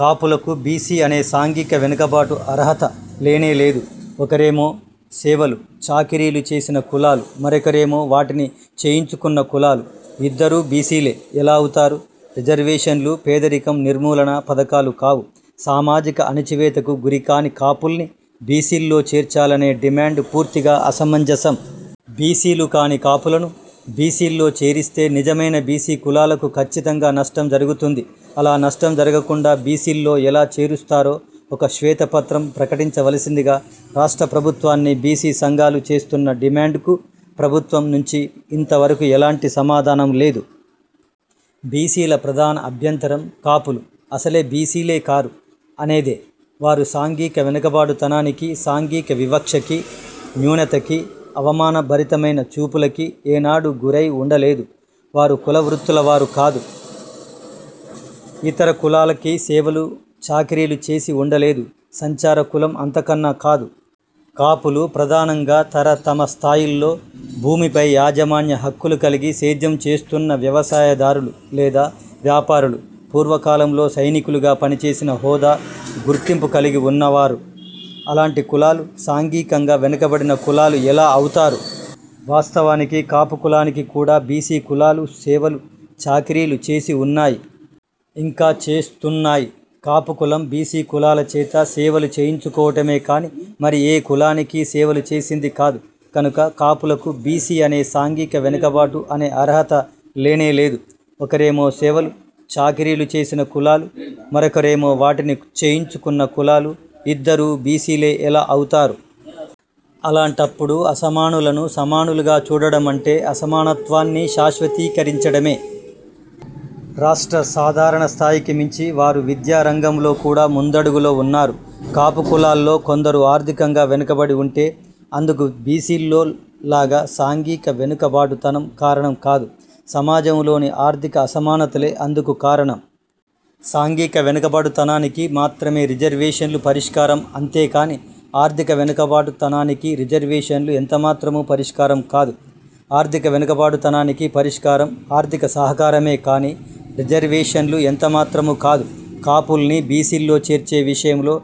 కాపులకు బీసీ అనే సాంఘిక వెనుకబాటు అర్హత లేనే లేదు. ఒకరేమో సేవలు, చాకిరీలు చేసిన కులాలు, మరేకరేమో వాటిని చేయించుకొన్న కులాలు, ఇద్దరూ బీసీలే ఎలా అవుతారు? రిజర్వేషన్లు పేదరికం నిర్మూలనా పథకాలు కావు. సామాజిక అణచివేతకు గురికాని కాపుల్ని బీసీల్లో చేర్చాలనే డిమాండ్ పూర్తిగా అసమంజసం. బీసీలు కాని కాపులను బీసీల్లో చేరిస్తే నిజమైన బీసీ కులాలకు ఖచ్చితంగా నష్టం జరుగుతుంది. అలా నష్టం జరగకుండా బీసీల్లో ఎలా చేరుస్తారో ఒక శ్వేత పత్రం ప్రకటించ వలసిందిగా రాష్ట్ర ప్రభుత్వాన్ని బీసీ సంఘాలు చేస్తోన్న డిమాండ్కు ప్రభుత్వం నుంచి ఇంత వరకు ఎలాంటి సమాధానం లేదు. బీసీల ప్రధాన అభ్యంతరం కాపులు అసలు బీసీలే కారు, అనేదే. వారు సాంఘిక వెనుకబాటుతనానికీ, సాంఘిక వివక్షకీ, న్యూనతకీ, అవమానభరితమైన చూపులకీ ఏనాడూ గురై ఉండలేదు. వారు కుల వృత్తుల వారు కాదు. ఇతర కులలకి సేవలు, చాకిరీలు చేసి ఉండలేదు. సంచార కులం అంతకన్నా కాదు. కాపులు ప్రధానంగా తర తమ స్థాయిల్లో భూమిపై యాజమాన్య హక్కులు కలిగి సేద్యం చేస్తోన్న వ్యవసాయదారులు లేదా, వ్యాపారులు. పూర్వకాలంలో సైనికులుగా పనిచేసిన హోదా, గుర్తింపు కలిగి వున్నవారు. అలాంటి కులాలు సాంఘికంగా వెనుకబడిన కులాలు ఎలా అవుతారు? వాస్తవానికి కాపు కులానికి కూడా బీసీ కులాలు సేవలు, చాకిరీలు చేసి ఉన్నాయి. ఇంకా చేస్తోన్నాయి. కాపు కులం, బీసీ కులాల చేత సేవలు చేయించుకోవటమే కానీ, మరి ఏ కులానికీ సేవలు చేసింది కాదు. కనుక కాపులకు బీసీ అనే సాంఘిక వెనుకబాటు అనే అర్హత లేనే లేదు. ఒకరేమో సేవలు, చాకిరీలు చేసిన కులాలు, మరొకరేమో వాటిని చేయించుకొన్న కులాలు ,ఇద్దరూ బీసీలే ఎలా అవుతారు? అలాంటప్పుడు అసమానులను సమానులుగా చూడడం అంటే, అసమానత్వాన్ని శాశ్వతీ కరించడమే. రాష్ట్ర సాధారణ స్థాయికి మించి వారు విద్యా రంగంలో కూడా ముందడుగులో ఉన్నారు. కాపు కులాల్లో కొందరు ఆర్థికంగా వెనుకబడి ఉంటే, అందుకు బీసీల్లో లాగా సాంఘిక వెనుక బాటుతనం కారణం కాదు. సమాజంలోని ఆర్థిక అసమానతలే అందుకు కారణం. సాంఘిక వెనుక బాటుతనానికి మాత్రమే రిజర్వేషన్లు పరిష్కారం. అంతేగానీ ఆర్థిక వెనుక బాటుతనానికి రిజర్వేషన్లు ఎంతమాత్రమూ పరిష్కారం కాదు. ఆర్థిక వెనుక బాటుతనానికి పరిష్కారం ఆర్థిక సహకారమే కానీ, రిజర్వేషన్లు ఎంత మాత్రమూ కాదు. కాపుల్ని బీసీల్లో చేర్చే విషయంలో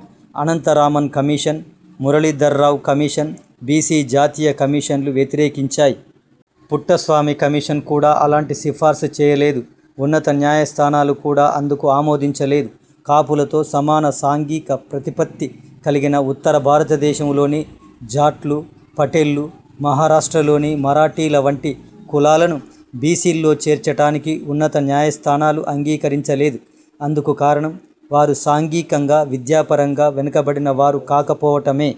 Anantha Raman commission, Muralidhar Rao commission, BC జాతీయ కమిషన్లు వ్యతిరేకించాయి. పుట్టస్వామి కమిషన్ కూడా అలాంటి సిఫార్స్ చేయలేదు. ఉన్నత న్యాయ స్థానాలు కూడా అందుకు ఆమోదించలేదు. కాపులతో సమాన సాంఘిక ప్రతిపత్తి కలిగిన ఉత్తర భారతదేశంలోని జాట్లు, పటేళ్లు, మహారాష్ట్రలోని మరాఠీల వంటి కులాలను బీసీల్లో చేర్చటానికి ఉన్నత న్యాయ స్థానాలు అంగీకరించలేదు. అందుకు కారణం, వారు సాంఘికంగా, విద్యాపరంగా వెనుకబడిన వారు కాకపోవటమే.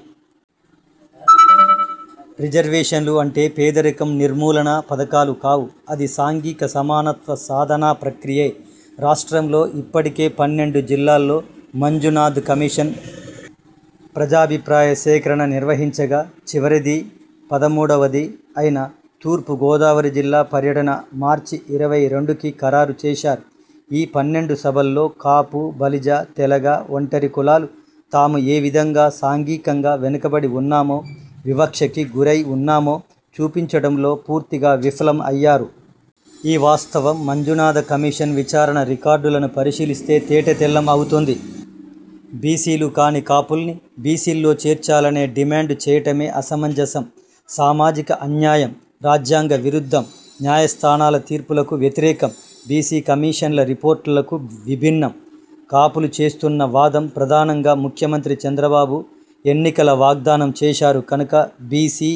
రిజర్వేషన్లు అంటే పేదరికం నిర్మూలనా పథకాలు కావు. అది సాంఘిక సమానత్వ సాధనా ప్రక్రియే. రాష్ట్రంలో ఇప్పటికే పన్నెండు జిల్లాల్లో మంజునాథ్ కమిషన్ ప్రజాభిప్రాయ సేకరణ నిర్వహించగా చివరిదీ, పదమూడువదీ అయిన తూర్పు గోదావరి జిల్లా పర్యటన మార్చి ఇరవై రెండుకి ఖరారు చేశారు. ఈ పన్నెండు సభల్లో కాపు, బలిజ, తెలగ, ఒంటరి కులాలు తాము ఏవిధంగా సాంఘికంగా వెనుకబడి ఉన్నామో, వివక్షకి గురై ఉన్నామో చూపించటంలో పూర్తిగా విఫలం అయ్యారు. ఈ వాస్తవం మంజునాథ కమిషన్ విచారణ రికార్డులను పరిశీలిస్తే తేట తెల్లం అవుతుంది. బీసీలు కాని కాపుల్ని బీసీల్లో చేర్చాలనే డిమాండ్ చేయటమే అసమంజసం, సామాజిక అన్యాయం, రాజ్యాంగ విరుద్ధం. న్యాయ స్థానాల తీర్పులకు వ్యతిరేకం, బీసీ కమిషన్ల రిపోర్ట్లకు విభిన్నం. కాపులు చేస్తోన్న వాదం ప్రధానంగా ముఖ్యమంత్రి చంద్రబాబు ఎన్నికల వాగ్దానం చేశారు కనుక, బీసీ